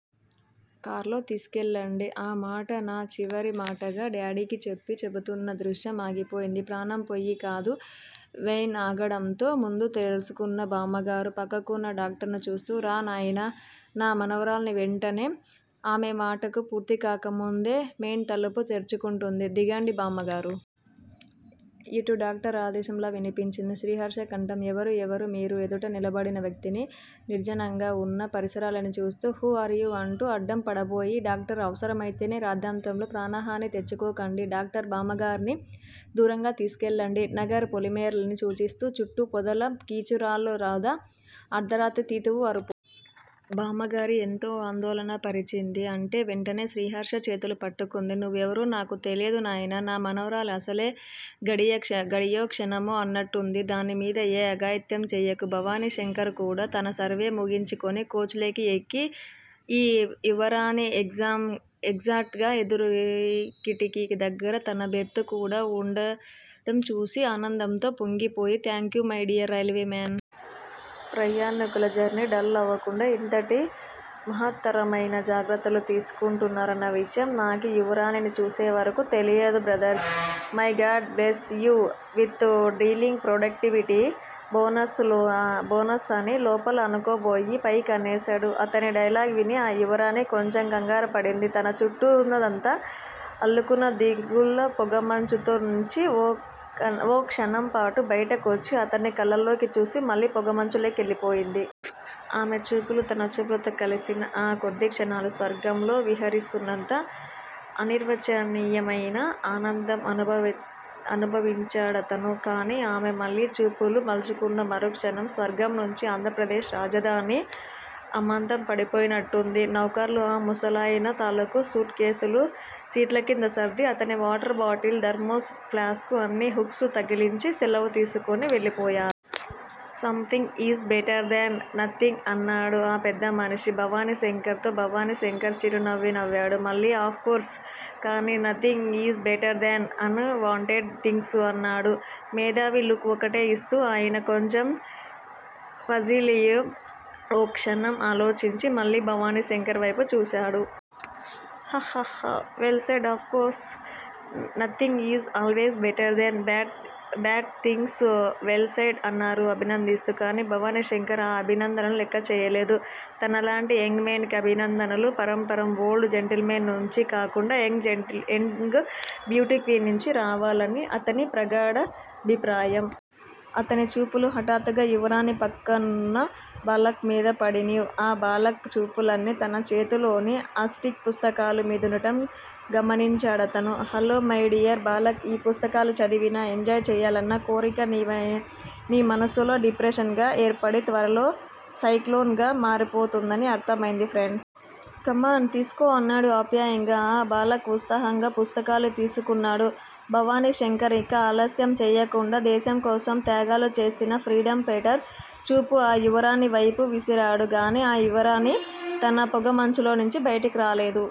కారులో తీసుకెళ్ళండి. ఆ మాట నా చివరిమాటగా డాడీకి చెప్పి చెబుతున్న దృశ్య ఆగిపోయింది. ప్రాణం పోయికాదు వేన్ ఆగడంతో. ముందు తేరుకున్న బామ్మగారు పక్కనున్న డాక్టరుని చూస్తూ రా నాయనా. నా మనవరాల్ని వెంటనే ఆమె మాటలు పూర్తికాకముందే మేన్ తలుపు తెరుచుకుంది. దిగండి బామ్మగారు. యిటూ డాక్టర్. ఆదేశంలా వినిపించింది శ్రీహర్ష కంఠం. ఎవరు ఎవరు మీరు ఎదుట నిలబడివున్న వ్యక్తిని, నిర్జనంగా వున్న పరిసరాల్ని చూస్తూ హూ ఆర్యూ అంటూ అడ్డం పడబోయి డాక్టర్. అనవసరమైన రాద్ధాంతంతో ప్రాణహాని తెచ్చుకోకండి డాక్టర్. బామ్మగార్ని దూరంగా తీసుకెళ్ళండి నగర పొలిమేరల్ని సూచిస్తూ చుట్టూ పొదల, కీచురాళ్ళ రొద, అర్థరాత్రి తీతువు అరుపు. బామ్మగారు ఎంత ఆందోళనపరిచిందీ అంటే వెంటనే శ్రీహర్ష చేతులు పట్టుకుంది. నువ్వెవరో నాకు తెలీదునాయనా. నా మనవరాలు అసలే ఘడియో, క్షణమో అన్నట్టుంది. దానిమీద ఏ అఘాయిత్యం చేయకు. భవాని శంకర్ కూడా తనసర్వే ముగించి కోచ్ లోకి ఎక్కి, ఈ యువరాణి ఎగ్జాట్ గా ఎదురుకిటికీ దగ్గరే తనబెర్తు కూడా ఉండడంచూసి ఆనందంతో పొంగిపోయి థాంక్యూ మైడియర్ రైల్వే మాన్. ప్రయాణీకులజర్నీ డల్ అవకుండా ఇంతటి మహత్తరమయిన జాగ్రత్తలు తీసుకుంటున్నారన్న విషయం నాకీ యువరాణిని చూసేవరకు తెలీలేదు brother. May God bless you with delinked productivity bonus అని లోపలఅనుకోబోయి పైకనేశాడు. అతని డైలాగ్ విని ఆ యువరాణి కొంచెంకంగారుపడింది తన చుట్టూవున్నాదంతా అల్లుకున్న దిగుళ్ళ పొగమంచులో నుంచి ఓ క్షణంపాటు బయటకొచ్చి అతని కళ్ళలోకి చూసి మళ్ళీ పొగమంచులోకెళ్ళిపోయింది. ఆమె చూపులు తనచూపులతో కలిసిన ఆ కొద్ది క్షణాలు స్వర్గంలో విహరిస్తున్నంత అనిర్వచనీయమయిన ఆనందం అనుభవించాడతను. కాని ఆమె మళ్ళీ చూపులు మరల్చుకున్న మరుక్షణం స్వర్గంనుంచి ఆంద్రప్రదేశ్ రాజధానిలో అమాంతంపడిపోయినట్లయింది. నౌఖర్లు ఆ ముసలాయన తాలూకు సూట్ కేసులు సీట్లకింద సర్ది అతని వాటర్ బాటిల్, థర్మోస్ ఫాస్కూ అన్నీ హుక్స్ తగిలించి శెలవుతీసుకుని వెళ్ళిపోయారు. Something is better than nothing అన్నాడు ఆ పెద్ద మనిషి భవాని శంకర్ తో. భవాని శంకర్ చిరునవ్వునవ్వాడు మళ్ళీ. అఫ్ కోర్స్, కానీ nothing is better than unwanted things అన్నాడు మేథావి లుక్ ఒకటే ఇస్తూ. ఆయన కొంచెం పజిలయి ఓ క్షణం ఆలోచించి మళ్ళీ భవాని శంకర్ వైపు చూశాడు. హ్హ హ్హ హ్హ, well said of course nothing is always better than bad things well said అన్నాడు అభినందిస్తూ. కానీ భవానీశంకర్ ఆ అభినందనలను లెక్క చేయలేదు. తనలాంటి యంగ్ మెన్ కి అభినందనల పరంపర ఓల్డు జెంటిల్మెన్ నుంచి కాకుండా యంగ్ బ్యూటీక్వీన్స్ నుంచి రావాలని అతనిప్రగాడాభిప్రాయం. అతని చూపులు హఠాత్తుగా యువరాణి పక్కనున్న బాలక్ మీద పడినియ్. ఆ బాలక్ చూపులన్నీ తన చేతిలోని ఆస్ట్రిక్స్ పుస్తకాల మీదుండటం గమనించాడతను. Hello, my dear Balak. ఈ పుస్తకాలు చదివిన ఎంజాయ్ చేయాలన్న కోరిక నీమనసులో డిప్రెషన్ గ ఏర్పడి, త్వరలో సైక్లోన్ గా మారిపోతోందని అర్ధమయింది ఫ్రెండ్. కమాన్, తీసుకో అన్నాడు ఆప్యాయంగా. ఆ బాలక్ ఉత్సాహంగా పుస్తకాలు తీసుకున్నాడు. భవాని శంకర్ ఇంక ఆలస్యం చేయకుండా దేశంకోసం త్యాగాలు చేసిన ఫ్రీడమ్ ఫైటర్ చూపు ఆ యువరాణి వేపు విసిరాడు గాని యువరాణి తన పొగమంచులో నుంచి బయటకు రాలేదు.